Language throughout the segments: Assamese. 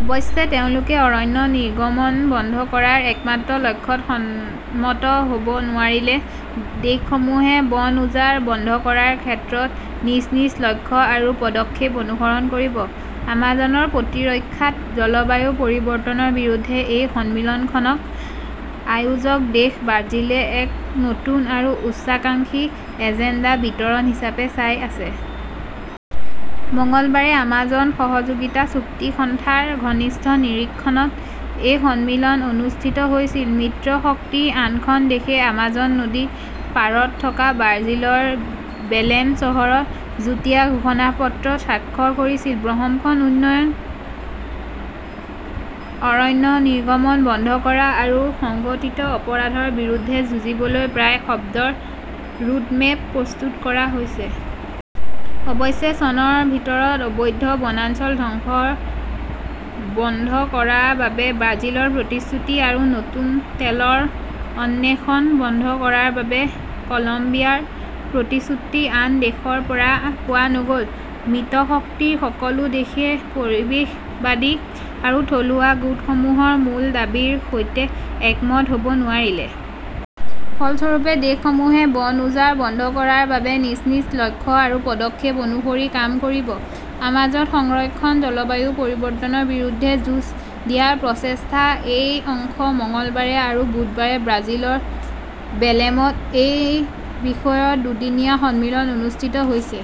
অৱশ্যে তেওঁলোকে অৰণ্য নিৰ্গমন বন্ধ কৰাৰ একমাত্ৰ লক্ষ্যত সন্মত হ'ব নোৱাৰিলে। দেশসমূহে বন উজাৰ বন্ধ কৰাৰ ক্ষেত্ৰত নিজ নিজ লক্ষ্য আৰু পদক্ষেপ অনুসৰণ কৰিব। আমাজনৰ প্ৰতিৰক্ষাত জলবায়ু পৰিৱৰ্তনৰ বিৰুদ্ধে এই সন্মিলনখনক আয়োজক দেশ ব্ৰাজিলে এক নতুন আৰু উচ্চাকাংক্ষী এজেণ্ডা বিতৰণ হিচাপে চাই আছে। মঙলবাৰে আমাজন সহযোগিতা চুক্তি সংস্থা ৰ ঘনিষ্ঠ নিৰীক্ষণত এই সন্মিলন অনুষ্ঠিত হৈছিল। মিত্ৰশক্তিৰ আঠখন দেশে আমাজন নদীৰ পাৰত থকা ব্ৰাজিলৰ বেলেম চহৰত যুটীয়া ঘোষণাপত্ৰত স্বাক্ষৰ কৰিছিল। বহনক্ষম উন্নয়ন, অৰণ্য নিৰ্গমন বন্ধ কৰা আৰু সংগঠিত অপৰাধৰ বিৰুদ্ধে যুঁজিবলৈ প্ৰায় শব্দৰ ৰোডমেপ প্ৰস্তুত কৰা হৈছে। অৱশ্যে, চনৰ ভিতৰত অবৈধ বনাঞ্চল ধ্বংস বন্ধ কৰাৰ বাবে ব্ৰাজিলৰ প্ৰতিশ্ৰুতি আৰু নতুন তেলৰ অন্বেষণ বন্ধ কৰাৰ বাবে কলম্বিয়াৰ প্ৰতিশ্ৰুতি আন দেশৰ পৰা পোৱা নগ'ল। মিত্ৰশক্তিৰ সকলো দেশে পৰিৱেশবাদী আৰু থলুৱা গোটসমূহৰ মূল দাবীৰ সৈতে একমত হ'ব নোৱাৰিলে। ফলস্বৰূপে, দেশসমূহে বন উজাৰ বন্ধ কৰাৰ বাবে নিজ নিজ লক্ষ্য আৰু পদক্ষেপ অনুসৰি কাম কৰিব। আমাজন সংৰক্ষণ জলবায়ু পৰিৱৰ্তনৰ বিৰুদ্ধে যুঁজ দিয়াৰ প্ৰচেষ্টাৰ এটা অংশ। মঙলবাৰে আৰু বুধবাৰে ব্ৰাজিলৰ বেলেমত এই বিষয়ত দুদিনীয়া সন্মিলন অনুষ্ঠিত হৈছে।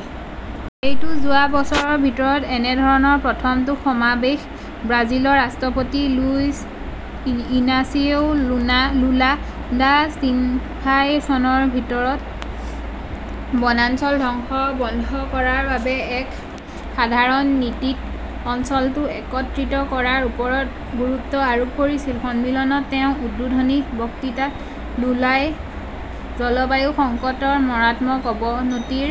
এইটো যোৱা বছৰৰ ভিতৰত এনে ধৰণৰ প্ৰথমটো সমাৱেশ। ব্ৰাজিলৰ ৰাষ্ট্ৰপতি লুইজ ইনাচিও লুলা দা চিলভাই চনৰ ভিতৰত বনাঞ্চল ধ্বংস বন্ধ কৰাৰ বাবে এক সাধাৰণ নীতিত অঞ্চলটো একত্ৰিত কৰাৰ ওপৰত গুৰুত্ব আৰোপ কৰিছিল। সন্মিলনত তেওঁৰ উদ্বোধনী বক্তৃতাত লুলাই 'জলবায়ু সংকটৰ মাৰাত্মক অৱনতিৰ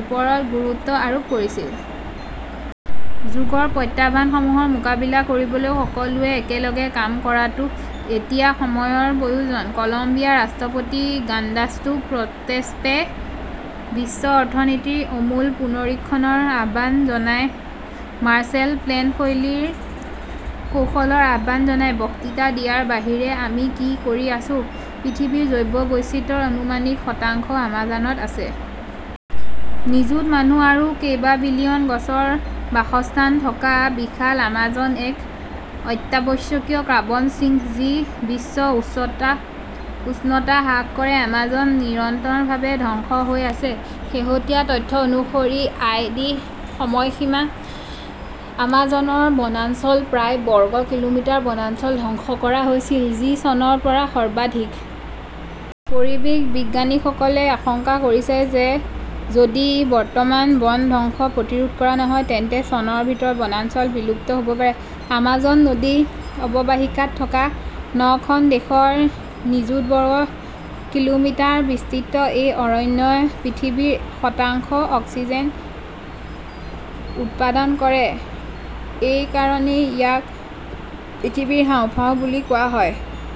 ওপৰত গুৰুত্ব আৰোপ কৰিছিল। যুগৰ প্ৰত্যাহ্বানসমূহৰ মোকাবিলা কৰিবলৈ সকলোৱে একেলগে কাম কৰাটো এতিয়া সময়ৰ প্ৰয়োজন। কলম্বিয়াৰ ৰাষ্ট্ৰপতি গুস্তাভো পেট্ৰোৱে বিশ্ব অৰ্থনীতিৰ আমূল পুনৰীক্ষণৰ আহ্বান জনাই 'মাৰ্শ্বেল প্লেন শৈলীৰ কৌশলৰ আহ্বান জনায়। বক্তৃতা দিয়াৰ বাহিৰে আমি কি কৰি আছো? পৃথিৱীৰ জৈৱ বৈচিত্ৰ্যৰ আনুমানিক শতাংশ আমাজনত আছে। নিযুত মানুহ আৰু কেইবা বিলিয়ন গছৰ বাসস্থান থকা বিশাল আমাজন এক অত্যাৱশ্যকীয় কাৰ্বন ছিঙ্ক, যি বিশ্ব উষ্ণতা হ্ৰাস কৰে। আমাজন নিৰন্তৰভাৱে ধ্বংস হৈ আছে। শেহতীয়া তথ্য অনুসৰি, আই. ডি. সময়সীমাত আমাজনৰ বনাঞ্চলৰ প্ৰায় বৰ্গ কিলোমিটাৰ বনাঞ্চল ধ্বংস কৰা হৈছিল, যি চনৰ পৰা সৰ্বাধিক। পৰিৱেশ বিজ্ঞানীসকলে আশংকা কৰিছে যে যদি বৰ্তমান বন ধ্বংস প্ৰতিৰোধ কৰা নহয়, তেন্তে চনৰ ভিতৰত বনাঞ্চল বিলুপ্ত হ 'ব পাৰে। আমাজন নদীৰ অৱবাহিকাত থকা নখন দেশৰ নিযুত বৰ্গ কিলোমিটাৰত বিস্তৃত এই অৰণ্যই পৃথিৱীৰ শতাংশ অক্সিজেন উৎপাদন কৰে। এই কাৰণেই ইয়াক পৃথিৱীৰ হাঁওফাঁও বুলি কোৱা হয়।